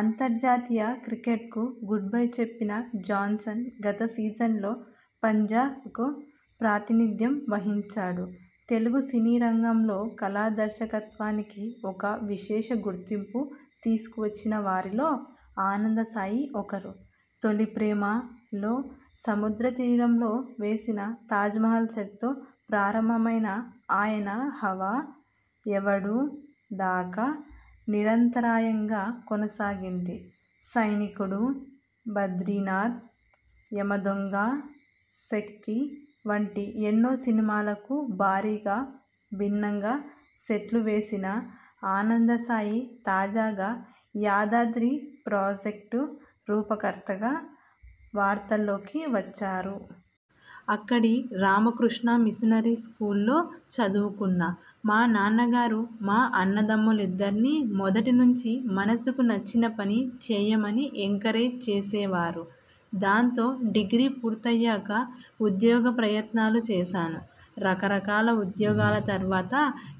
అంతర్జాతీయ క్రికెట్కు గుడ్బై చెప్పిన జాన్సన్ గత సీజన్లో పంజా బ్కు ప్రాతినిధ్యం వహించాడు. తెలుగు సినీరంగంలో కళాదర్శకత్వానికి ఒక విశేషగుర్తింపు తీసుకొచ్చినవారిలో ఆనందసాయి ఒకరు. 'తొలిప్రేమ'లో సముద్రతీరంలో వేసిన తాజ్మహల్ సెట్తో ప్రారంభమైన ఆయన హవా 'ఎవడు'దాకా నిరంతరాయంగా కొనసాగింది. 'సైనికుడు', 'బద్రీనాథ్', 'యమదొంగ', 'శక్తి' వంటి ఎన్నో సినిమాలకు భారీగా, భిన్నంగా సెట్లు వేసిన ఆనందసాయి తాజాగా 'యాదాద్రి' ప్రాజెక్టు రూపకర్తగా వార్తల్లోకి వచ్చారు. అక్కడి రామకృష్ణా మిషనరీ స్కూల్లో చదువుకున్నా. మా నాన్నగారు మా అన్నదమ్ములిద్దర్నీ మొదటి నుంచీ మనసుకు నచ్చిన పని చేయమని ఎంకరేజ్ చేసేవారు. దాంతో డిగ్రీ పూర్తయ్యాక ఉద్యోగ ప్రయత్నాలు చేశాను. రకరకాల ఉద్యోగాల తర్వాత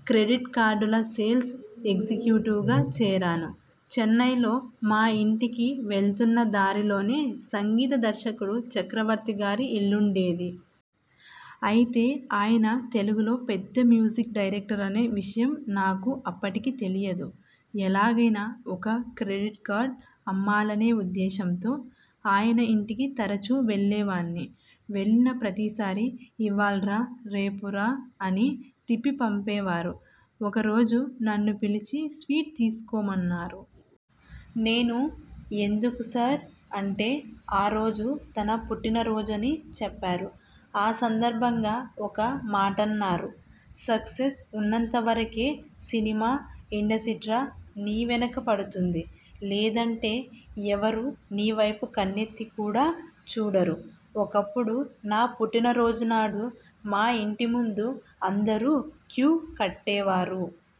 క్రెడిట్ కార్డుల సేల్స్ ఎగ్జిక్యూటివ్గా చేరాను. చెన్నైలో మా ఇంటికి వెళ్తున్న దారిలోనే సంగీత దర్శకుడు చక్రవర్తిగారి ఇల్లుండేది. అయితే ఆయన తెలుగులో పెద్ద మ్యూజిక్ డైరెక్టరనే విషయం నాకు అప్పటికి తెలియదు. ఎలాగైనా ఒక క్రెడిట్ కార్డు అమ్మాలనే ఉద్దేశ్యంతో ఆయన ఇంటికి తరచూ వెళ్లేవాణ్ణి. వెళ్లిన ప్రతీసారి 'ఇవ్వాళరా రేపు రా ' అని తిప్పి పంపేవారు. ఒకరోజు నన్ను పిలిచి స్వీట్ తీసుకోమన్నారు. నేను 'ఎందుకు సార్ ' అంటే ఆ రోజు తన పుట్టినరోజని చెప్పారు. ఆ సందర్భంగా ఒక మాటన్నారు. ''సక్సెస్ ఉన్నంతవరకే సినిమా ఇండసీ్ట్ర నీ వెనుక పడుతుంది. లేదంటే ఎవరూ నీవైపు కన్నెత్తి కూడా చూడరు. ఒకప్పుడు నా పుట్టినరోజునాడు మా ఇంటిముందు అందరూ క్యూ కట్టేవారు.